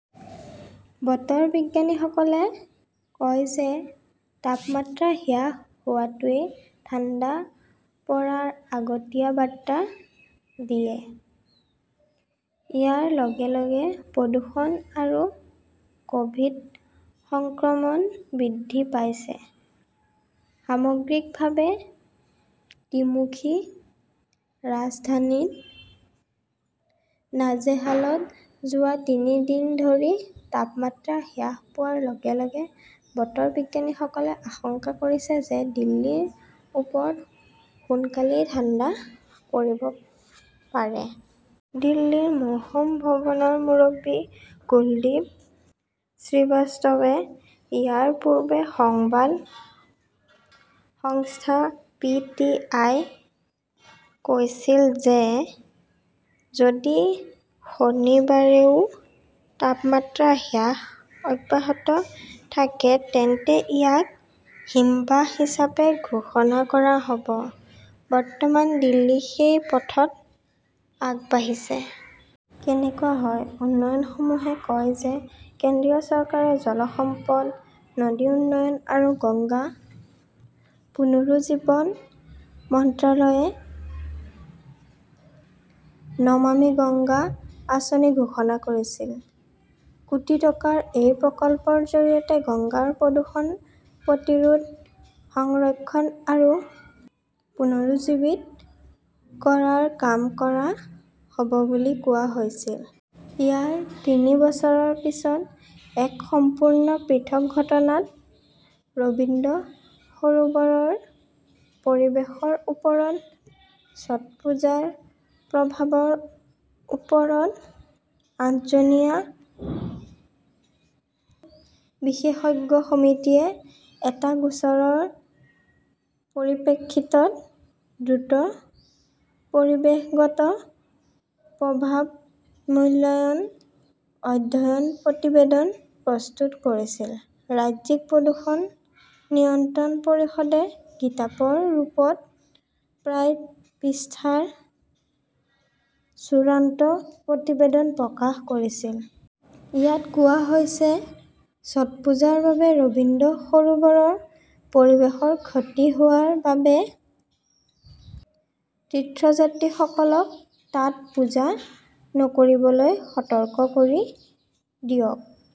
বতৰ বিজ্ঞানীসকলে কয় যে তাপমাত্ৰা হ্ৰাস হোৱাটোৱে ঠাণ্ডা পৰাৰ আগতীয়া বাৰ্তা দিয়ে। ইয়াৰ লগে লগে প্ৰদূষণ আৰু কভিড সংক্ৰমণ বৃদ্ধি পাইছে। সামগ্ৰিকভাৱে, ত্ৰিমুখী ৰাজধানীত নাজেহালত যোৱা তিনি দিন ধৰি তাপমাত্ৰা হ্ৰাস পোৱাৰ লগে লগে বতৰ বিজ্ঞানীসকলে আশংকা কৰিছে যে দিল্লীৰ ওপৰত সোনকালেই ঠাণ্ডা পৰিব পাৰে। দিল্লীৰ মৌসম ভৱনৰ মুৰব্বী কুলদ্বীপ শ্ৰীবাস্তৱে ইয়াৰ পূৰ্বে সংবাদ সংস্থা পি. টি. আই. -ক কৈছিল যে যদি শনিবাৰেও তাপমাত্ৰা হ্ৰাস অব্যাহত থাকে তেন্তে ইয়াক হিমবাহ হিচাপে ঘোষণা কৰা হ 'ব। বৰ্তমান দিল্লী সেই পথত আগবাঢ়িছে। কেনেকুৱা হয়? উন্নয়নসমূহে কয় যে কেন্দ্ৰীয় চৰকাৰৰ জল সম্পদ, নদী উন্নয়ন আৰু গংগা পুনৰুজ্জীৱন মন্ত্ৰালয়ে 'নমামি গংগা আঁচনি ঘোষণা কৰিছিল।, কোটি টকাৰ এই প্ৰকল্পৰ জৰিয়তে গংগাৰ প্ৰদূষণ প্ৰতিৰোধ, সংৰক্ষণ আৰু পুনৰুজ্জীৱিত কৰাৰ কাম কৰা হব বুলি কোৱা হৈছিল। ইয়াৰ তিনি বছৰৰ পিছত, এক সম্পূৰ্ণ পৃথক ঘটনাত, ৰবীন্দ্ৰ সৰোবৰৰ পৰিৱেশৰ ওপৰত ছটপূজাৰ প্ৰভাৱৰ ওপৰত আঠজনীয়া বিশেষজ্ঞ সমিতিয়ে এটা গোচৰৰ পৰিপ্ৰেক্ষিতত দ্ৰুত 'পৰিৱেশগত প্ৰভাৱ মূল্যায়ন অধ্যয়ন প্ৰতিবেদন' প্ৰস্তুত কৰিছিল। ৰাজ্যিক প্ৰদূষণ নিয়ন্ত্ৰণ পৰিষদে কিতাপৰ ৰূপত প্ৰায় পৃষ্ঠাৰ চূড়ান্ত প্ৰতিবেদন প্ৰকাশ কৰিছিল। ইয়াত কোৱা হৈছে-ছটপূজাৰ বাবে ৰবীন্দ্ৰ সৰোবৰৰ পৰিৱেশৰ ক্ষতি হোৱাৰ বাবে তীৰ্থযাত্ৰীসকলক তাত পূজা নকৰিবলৈ সতৰ্ক কৰি দিয়ক।